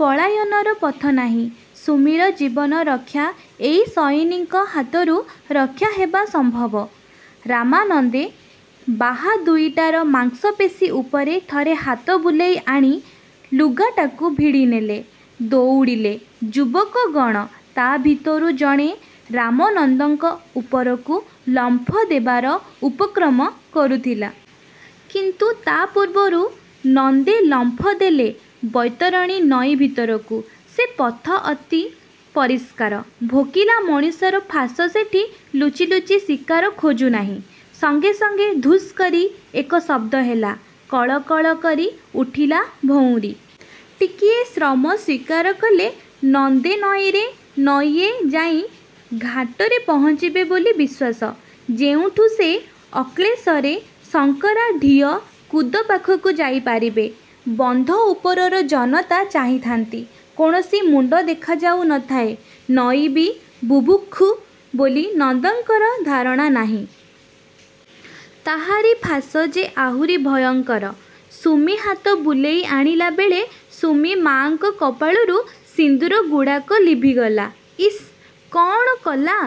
ପଳାୟନର ପଥ ନାହିଁ। ସୁମିର ଜୀବନ ରକ୍ଷା-ଏଇ ସଇନିଙ୍କ ହାତରୁ ରକ୍ଷା ହେବା ସମ୍ଭବ। ରାମାନନ୍ଦେ ବାହା ଦୁଇଟାର ମାଂସପେଶୀ ଉପରେ ଥରେ ହାତ ବୁଲେଇ ଆଣି-ଲୁଗାଟାକୁ ଭିଡ଼ି ନେଲେ। ଦଉଡ଼ିଲେ ଯୁବକ ଗଣ, ତା ଭିତରୁ ଜଣେ ରାମନନ୍ଦଙ୍କ ଉପରକୁ ଲମ୍ଫ ଦେବାର ଉପକ୍ରମ କରୁଥିଲା। କିନ୍ତୁ ତା ପୂର୍ବରୁ ନନ୍ଦେ ଲମ୍ଫ ଦେଲେ ବୈତରଣୀ ନଈ ଭିତରକୁ। ସେ ପଥ ଅତି ପରିଷ୍କାର। ଭୋକିଲା ମଣିଷର ଫାଶ ସେଠି ଲୁଚି ଲୁଚି ଶିକାର ଖୋଜୁ ନାହିଁ। ସଙ୍ଗେ ସଙ୍ଗେ 'ଧୁସ୍' କରି ଏକ ଶବ୍ଦ ହେଲା। କଳ କଳ କରି ଉଠିଲା ଭଉଁରୀ। ଟିକିଏ ଶ୍ରମ ସ୍ୱୀକାର କଲେ ନନ୍ଦେ ନଈରେ ନଈଏ ଯାଇଁ ଘାଟରେ ପହଞ୍ଚିବେ ବୋଲି ବିଶ୍ୱାସ। ଯେଉଁଠୁ ସେ ଅକ୍ଳେଶରେ ଶଙ୍କରା ଢିଅ କୁଦ ପାଖକୁ ଯାଇ ପାରିବେ। ବନ୍ଧ ଉପରର ଜନତା ଚାହିଁଥାନ୍ତି। କୌଣସି ମୁଣ୍ଡ ଦେଖାଯାଉ ନଥାଏ। ନଈ ବି ବୁଭୁକ୍ଷୁ ବୋଲି ନନ୍ଦଙ୍କର ଧାରଣା ନାହିଁ। ତାହାରି ଫାଶ ଯେ ଆହୁରି ଭୟଙ୍କର। ସୁମି ହାତ ବୁଲେଇ ଆଣିଲା ବେଳେ ସୁମି-ମାଙ୍କ କପାଳରୁ ସିନ୍ଦୂରଗୁଡ଼ାକ ଲିଭିଗଲା। ଇସ୍-କଣ କଲା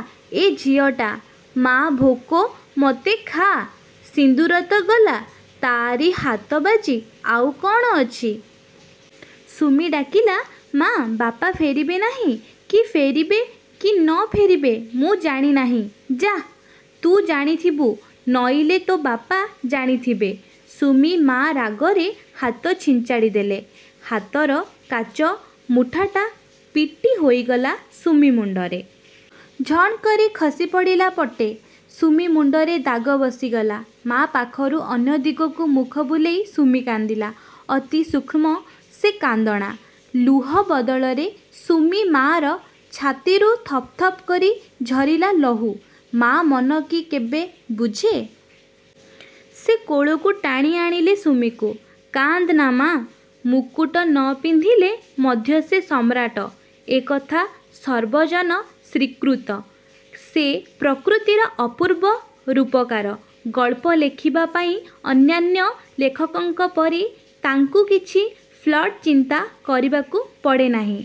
ଏ ଝିଅଟା! -'ମା ଭୋକ। ' -'ମୋତେ ଖା। ' ସିନ୍ଦୂର ତ ଗଲା ତାରି ହାତ ବାଜି। ଆଉ କଣ ଅଛି? ସୁମି ଡ଼ାକିଲା-'ମା, ବାପା ଫେରିବେ ନାହିଁ କି-ଫେରିବେ କି ନ ଫେରିବେ ମୁଁ ଜାଣି ନାହିଁ, ଯାଃ। ତୁ ଜାଣିଥିବୁ, ନଇଲେ ତୋ ବାପା ଜାଣି ଥିବେ। ' ସୁମି-ମା ରାଗରେ ହାତ ଛିଞ୍ଚାଡ଼ି ଦେଲେ। ହାତର କାଚ ମୁଠାଟା ପିଟି ହୋଇଗଲା ସୁମି ମୁଣ୍ଡରେ। ଝଣ୍ କରି ଖସି ପଡ଼ିଲା ପଟେ। ସୁମି ମୁଣ୍ଡରେ ଦାଗ ବସିଗଲା। ମା' ପାଖରୁ ଅନ୍ୟ ଦିଗକୁ ମୁଖ ବୁଲେଇ ସୁମି କାନ୍ଦିଲା। ଅତି ଶୁଷ୍ମ ସେ କାନ୍ଦଣା। ଲୁହ ବଦଳରେ ସୁମି-ମା'ର ଛାତିରୁ ଥପ ଥପ କରି ଝରିଲା ଲହୁ। ମା' ମନ କି କେବେ ବୁଝେ। ସେ କୋଳକୁ ଟାଣି ଆଣିଲେ ସୁମିକୁ। 'କାନ୍ଦ୍ ନା, ମା। ମୁକୁଟ ନ ପିନ୍ଧିଲେ ମଧ୍ୟ ସେ ସମ୍ରାଟ ଏ କଥା ସର୍ବଜନ ସ୍ୱୀକୃତ। ସେ ପ୍ରକୃତିର ଅପୂର୍ବ ରୂପକାର। ଗଳ୍ପ ଲେଖିବା ପାଇଁ ଅନ୍ୟାନ୍ୟ ଲେଖକଙ୍କ ପରି ତାଙ୍କୁ କିଛି ପ୍ଲଟ୍ ଚିନ୍ତା କରିବାକୁ ପଡ଼େନାହିଁ।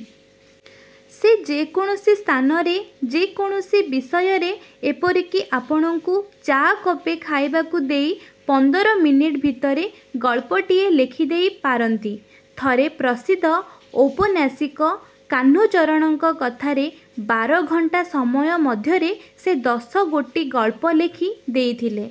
ସେ ଯେ କୌଣସି ସ୍ଥାନରେ, ଯେ କୌଣସି ବିଷୟରେ ଏପରିକି ଆପଣଙ୍କୁ ଚା'କପେ ଖାଇବାକୁ ଦେଇ ପନ୍ଦର ମିନିଟ୍ ଭିତରେ ଗଳ୍ପଟିଏ ଲେଖିଦେଇ ପାରନ୍ତି। ଥରେ ପ୍ରସିଦ୍ଧ ଔପନ୍ୟାସିକ କାହ୍ନୁଚରଣଙ୍କ କଥାରେ ବାର ଘଣ୍ଟା ସମୟ ମଧ୍ୟରେ ସେ ଦଶ ଗୋଟି ଗଳ୍ପ ଲେଖି ଦେଇଥିଲେ।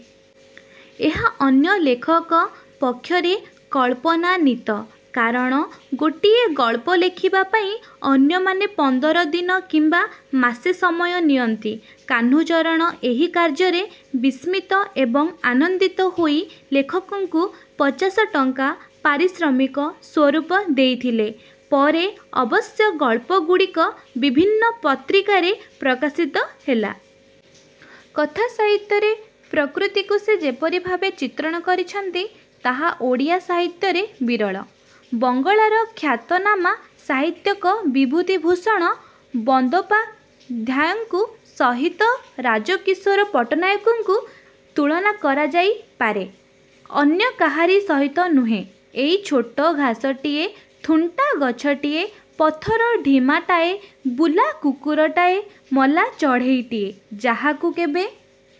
ଏହା ଅନ୍ୟ ଲେଖକ ପକ୍ଷରେ କଳ୍ପନାତୀତ, କାରଣ ଗୋଟିଏ ଗଳ୍ପ ଲେଖିବା ପାଇଁ ଅନ୍ୟମାନେ ପନ୍ଦର ଦିନ କିମ୍ବା ମାସେ ସମୟ ନିଅନ୍ତି। କାହ୍ନୁଚରଣ ଏହି କାର୍ଯ୍ୟରେ ବିସ୍ମିତ ଏବଂ ଆନନ୍ଦିତ ହୋଇ ଲେଖକଙ୍କୁ ପଚାଶ ଟଙ୍କା ପାରିଶ୍ରମିକ ସ୍ୱରୂପ ଦେଇଥିଲେ-। ପରେ ଅବଶ୍ୟ ଗଳ୍ପ ଗୁଡ଼ିକ ବିଭିନ୍ନ ପତ୍ରିକାରେ ପ୍ରକାଶିତ ହେଲା। କଥା ସାହିତ୍ୟରେ ପ୍ରକୃତିକୁ ସେ ଯେପରି ଭାବେ ଚିତ୍ରଣ କରିଛନ୍ତି ତାହା ଓଡ଼ିଆ ସାହିତ୍ୟରେ ବିରଳ। ବଙ୍ଗଳାର ଖ୍ୟାତନାମା ସାହିତ୍ୟିକ ବିଭୁତିଭୂଷଣ ବନ୍ଦୋପାଧ୍ୟାୟଙ୍କ ସହିତ ରାଜକିଶୋର ପଟ୍ଟନାୟକଙ୍କୁ ତୁଳନା କରାଯାଇ ପାରେ, ଅନ୍ୟ କାହାରି ସହିତ ନୁହେଁ। ଏଇ ଛୋଟ ଘାସଟିଏ, ଥୁଣ୍ଟା ଗଛଟିଏ, ପଥର ଢିମାଟାଏ, ବୁଲା କୁକୁରଟାଏ, ମଲା ଚଢ଼େଇଟିଏ, ଯାହାକୁ କେବେ